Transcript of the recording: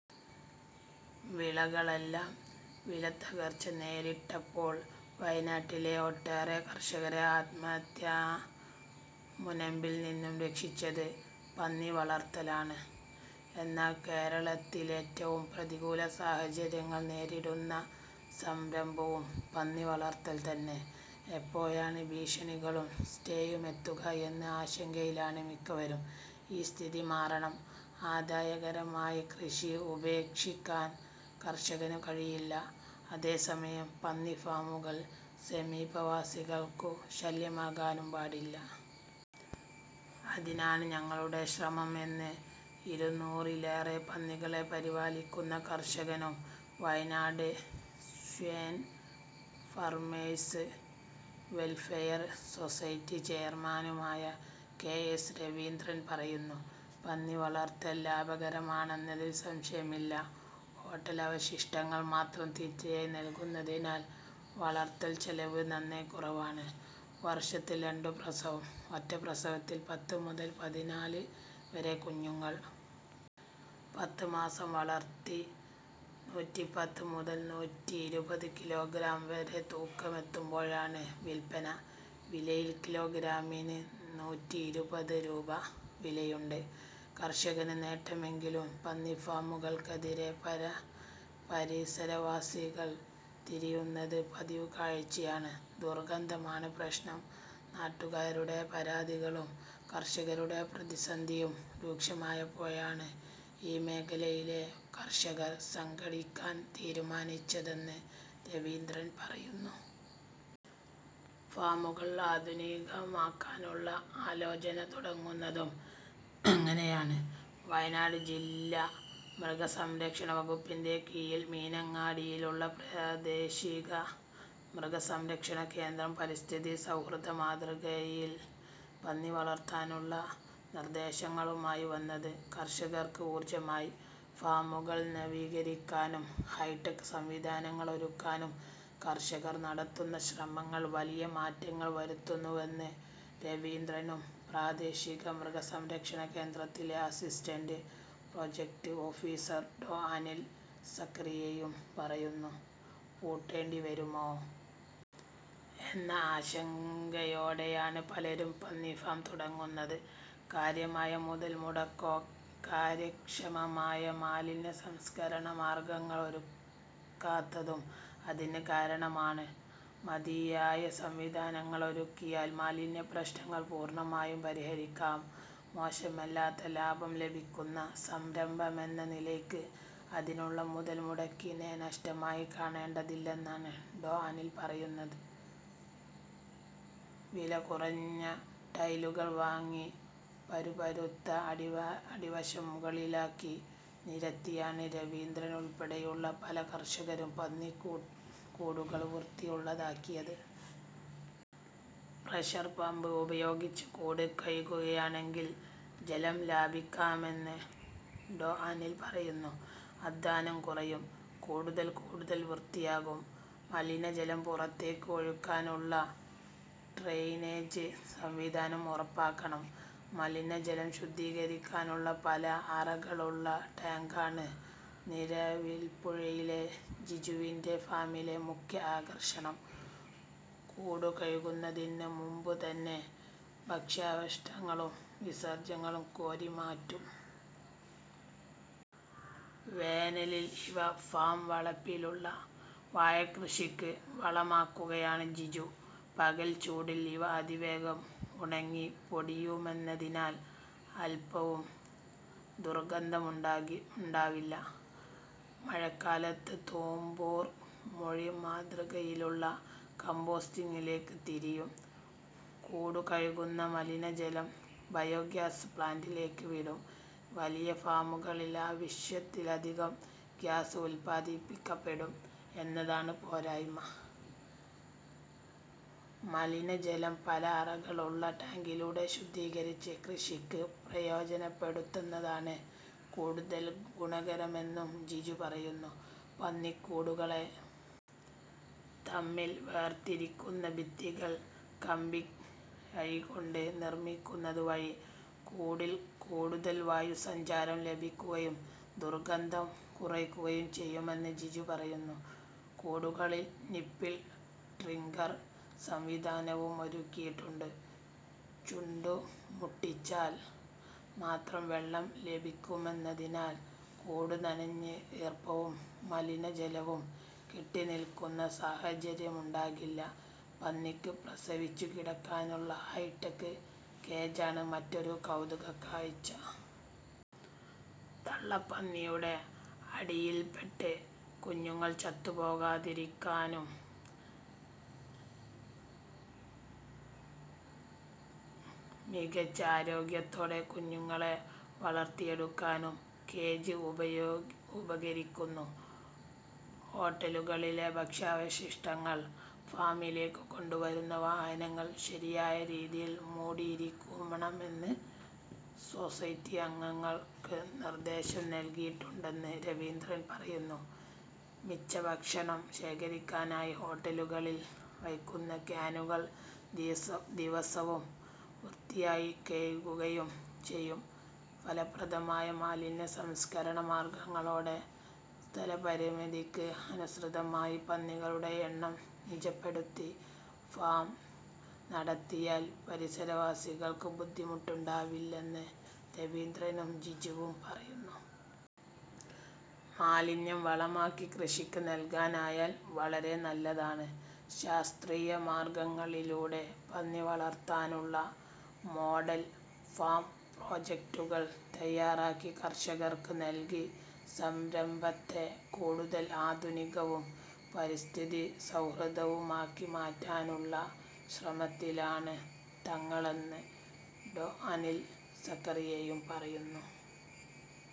വിളകളെല്ലാം വിലത്തകർച്ച നേരിട്ടപ്പോൾ വയനാട്ടിലെ ഒട്ടേറെ കർഷകരെ ആത്മഹത്യാമുനമ്പിൽനിന്നു രക്ഷിച്ചത് പന്നിവളർത്തലാണ്. എന്നാൽ കേരളത്തിലേറ്റവും പ്രതികൂല സാഹചര്യങ്ങൾ നേരിടുന്ന സംരംഭവും പന്നിവളർത്തൽ തന്നെ. എപ്പോഴാണ് ഭീഷണികളും സ്റ്റേയുമെത്തുക എന്ന ആശങ്കയിലാണ് മിക്കവരും. ഈ സ്ഥിതി മാറണം. ആദായകരമായ കൃഷി ഉപേക്ഷിക്കാൻ കർഷകനു കഴിയില്ല. അതേസമയം പന്നിഫാമുകൾ സമീപവാസികൾക്കു ശല്യമാകാനും പാടില്ല. അതിനാണ് ഞങ്ങളുടെ ശ്രമം എന്ന് ഇരുനൂറിലേറെ പന്നികളെ പരിപാലിക്കുന്ന കർഷകനും Wayanad swine farmers welfare society ചെയർമാനുമായ കെ എസ് രവീന്ദ്രൻ പറയുന്നു. പന്നിവളർത്തൽ ലാഭകരമാണെന്നതിൽ സംശയമില്ല. ഹോട്ടലവശിഷ്ടങ്ങൾ മാത്രം തീറ്റയായി നൽകുന്നതിനാൽ വളർത്തൽച്ചെലവ് നന്നേ കുറവാണ്. വർഷത്തിൽ രണ്ടു പ്രസവം. ഒറ്റ പ്രസവത്തിൽ പത്ത് മുതൽ പതിനാല് വരെ കുഞ്ഞുങ്ങൾ. പത്ത് മാസം വളർത്തി നൂറ്റിപ്പത്ത് മുതൽ നൂറ്റിയിരുപത് കിലോഗ്രാം വരെ തൂക്കമെത്തുമ്പോഴാണ് വിൽപന. നിലവിൽ കിലോഗ്രാമിന് നൂറ്റിയിരുപത് രൂപ വിലയുണ്ട്. കർഷകന് നേട്ടമെങ്കിലും പന്നിഫാമുകൾക്കെതിരെ പര പരിസരവാസികൾ തിരിയുന്നത് പതിവുകാഴ്ചയാണ്. ദുർഗന്ധമാണ് പ്രശ്നം. നാട്ടുകാരുടെ പരാതികളും കർഷകരുടെ പ്രതിസന്ധിയും രൂക്ഷമായപ്പോഴാണ് ഈ മേഖലയിലെ കർഷകർ സംഘടിക്കാൻ തീരുമാനിച്ചതെന്ന് രവീന്ദ്രൻ പറയുന്നു. ഫാമുകൾ ആധുനികമാക്കാനുള്ള ആലോചന തുടങ്ങുന്നതും അങ്ങനെയാണ്. വയനാട് ജില്ലാ മൃഗസംരക്ഷണവകുപ്പിന്റെ കീഴിൽ മീനങ്ങാടിയിലുള്ള പ്രാദേശിക മൃഗസംരക്ഷണകേന്ദ്രം പരിസ്ഥിതി സൗഹൃദ മാതൃകയിൽ പന്നിവളർത്താനുള്ള നിർദേശങ്ങളുമായി വന്നത് കർഷകർക്ക് ഊർജമായി. ഫാമുകൾ നവീകരിക്കാനും ഹൈടെക് സംവിധാനങ്ങളൊരുക്കാനും കർഷകർ നടത്തുന്ന ശ്രമങ്ങൾ വലിയ മാറ്റങ്ങൾ വരുത്തുന്നുവെന്ന് രവീന്ദ്രനും പ്രാദേശിക മൃഗസംരക്ഷണകേന്ദ്രത്തിലെ അസിസ്റ്റന്റ് പ്രോജക്ട് ഓഫീസർ ഡോ അനിൽ സഖറിയയും പറയുന്നു. പൂട്ടേണ്ടിവരുമോ എന്ന ആശങ്കയോടെയാണ് പലരും പന്നിഫാം തുടങ്ങുന്നത്. കാര്യമായ മുതൽമുടക്കോടെ കാര്യക്ഷമമായ മാലിന്യസംസ്കരണ മാർഗങ്ങൾ ഒരുക്കാത്തതും അതിന് കാരണമാണ്. മതിയായ സംവിധാനങ്ങളൊരുക്കിയാൽ മാലിന്യ പ്രശ്നങ്ങൾ പൂർണമായും പരിഹരിക്കാം. മോശമല്ലാത്ത ലാഭം ലഭിക്കുന്ന സംരംഭമെന്ന നിലയ്ക്ക് അതിനുള്ള മുതൽമുടക്കിനെ നഷ്ടമായി കാണേണ്ടതില്ലെന്ന് ഡോ അനിൽ പറയുന്നത് .വില കുറഞ്ഞ ടൈലുകൾ വാങ്ങി പരുപരുത്ത അടിവ അടിവശം മുകളിലാക്കി നിരത്തിയാണ് രവീന്ദ്രൻ ഉൾപ്പെടെയുള്ള പല കർഷകരും പന്നികൂ ക്കൂടുകൾ വൃത്തിയുള്ളതാക്കിയത്. പ്രഷർ പമ്പ് ഉപയോഗിച്ച് കൂട് കഴുകുകയാണെങ്കിൽ ജലം ലാഭിക്കാമെന്ന് ഡോ അനിൽ പറയുന്നു. അധ്വാനം കുറയും. കൂടുകൾ കൂടുതൽ വൃത്തിയാകും. മലിനജലം പുറത്തേക്ക് ഒഴുകാനുള്ള ഡ്രെയിനേജ് സംവിധാനം ഉറപ്പാക്കണം. മലിനജലം ശുദ്ധീകരിക്കാനുള്ള പല അറകളുള്ള ടാങ്കാണ് നിരവിൽപ്പുഴയിലെ ജിജുവിന്റെ ഫാമിലെ മുഖ്യ ആകർഷണം. കൂടു കഴുകുന്നതിനു മുമ്പുതന്നെ ഭക്ഷ്യാവശിഷ്ടങ്ങളും വിസർജ്യവും കോരി മാറ്റും. വേനലിൽ ഇവ ഫാം വളപ്പിലുള്ള വാഴക്കൃഷിക്ക് വളമാക്കുകയാണ് ജിജു. പകൽച്ചൂടിൽ ഇവ അതിവേഗം ഉണങ്ങിപ്പൊടിയുമെന്നതിനാൽ അൽപവും ദുർഗന്ധമുണ്ടാകി മുണ്ടാവില്ല. മഴക്കാലത്ത് തുമ്പൂർമുഴി മാതൃകയിലുള്ള കമ്പോസ്റ്റിങ്ങിലേക്ക് തിരിയും. കൂടു കഴുകുന്ന മലിനജലം ബയോഗ്യാസ് പ്ലാന്റിലേക്ക് വിടും. വലിയ ഫാമുകളിൽ ആവശ്യത്തിലധികം ഗ്യാസ് ഉൽപാദിപ്പിക്കപ്പെടും എന്നതാണ് പോരായ്മ. മലിനജലം പല അറകളുള്ള ടാങ്കിലൂടെ ശുദ്ധീകരിച്ച് കൃഷിക്ക് പ്രയോജനപ്പെടുത്തുന്നതാണ് കൂടുതൽ ഗുണകരമെന്നും ജിജു പറയുന്നു. പന്നിക്കൂടുകളെ തമ്മിൽ വേർതിരിക്കുന്ന ഭിത്തികൾ കമ്പിയഴികൊണ്ട് നിർമിക്കുന്നതുവഴി കൂടിൽ കൂടുതൽ വായുസഞ്ചാരം ലഭിക്കുകയും ദുർഗന്ധം കുറയ്ക്കുകയും ചെയ്യുമെന്ന് ജിജു പറയുന്നു. കൂടുകളിൽ നിപ്പിൾ ഡ്രിങ്കർ സംവിധാനവും ഒരുക്കിയിട്ടുണ്ട്. ചുണ്ടുമുട്ടിച്ചാൽ മാത്രം വെള്ളം ലഭിക്കുമെന്നതിനാൽ കൂട് നനഞ്ഞ് ഈർപ്പവും മലിനജലവും കെട്ടിനിൽക്കുന്ന സാഹചര്യമുണ്ടാകില്ല. പന്നിക്ക് പ്രസവിച്ചു കിടക്കാനുള്ള ഹൈടെക് കേജാണ് മറ്റൊരു കൗതുകക്കാഴ്ച. തള്ളപ്പന്നിയുടെ അടിയിൽപ്പെട്ട് കുഞ്ഞുങ്ങൾ ചത്തുപോകാതിരിക്കാനും മികച്ച ആരോഗ്യത്തോടെ കുഞ്ഞുങ്ങളെ വളർത്തിയെടുക്കാനും കേജ് ഉപയോ ഉപകരിക്കുന്നു. ഹോട്ടലുകളിലെ ഭക്ഷ്യാവശിഷ്ടങ്ങൾ ഫാമിലേക്ക് കൊണ്ടുവരുന്ന വാഹനങ്ങൾ ശരിയായ രീതിയിൽ മൂടിയിരിക്കണമെന്നു സൊസൈറ്റി അംഗങ്ങൾക്ക് നിർദേശം നൽകിയിട്ടുണ്ടെന്ന് രവീന്ദ്രൻ പറയുന്നു. മിച്ചഭക്ഷണം ശേഖരിക്കാനായി ഹോട്ടലുകളിൽ വയ്ക്കുന്ന ക്യാനുകൾ ദീസം ദിവസവും വൃത്തിയായി കെഴുകുകയും ചെയ്യും. ഫലപ്രദമായ മാലിന്യസംസ്കരണ മാർഗങ്ങളോടെ സ്ഥലപരിമിതിക്ക് അനുസൃതമായി പന്നികളുടെ എണ്ണം നിജപ്പെടുത്തി ഫാം നടത്തിയാൽ പരിസരവാസികൾക്ക് ബുദ്ധിമുട്ടുണ്ടാവില്ലെന്ന് രവീന്ദ്രനും ജിജുവും പറയുന്നു. മാലിന്യം വളമാക്കി കൃഷിക്ക് നൽകാനായാൽ വളരെ നല്ലതാണ്. ശാസ്ത്രീയ മാർഗങ്ങളിലൂടെ പന്നിവളർത്താനുള്ള മോഡൽ ഫാം പ്രോജക്ടുകൾ തയാറാക്കി കർഷകർക്ക് നൽകി സംരംഭത്തെ കൂടുതൽ ആധുനികവും പരിസ്ഥിതി സൗഹൃദവുമാക്കി മാറ്റാനുള്ള ശ്രമത്തിലാണ് തങ്ങളെന്ന് ഡോ അനിൽ സഖറിയയും പറയുന്നു.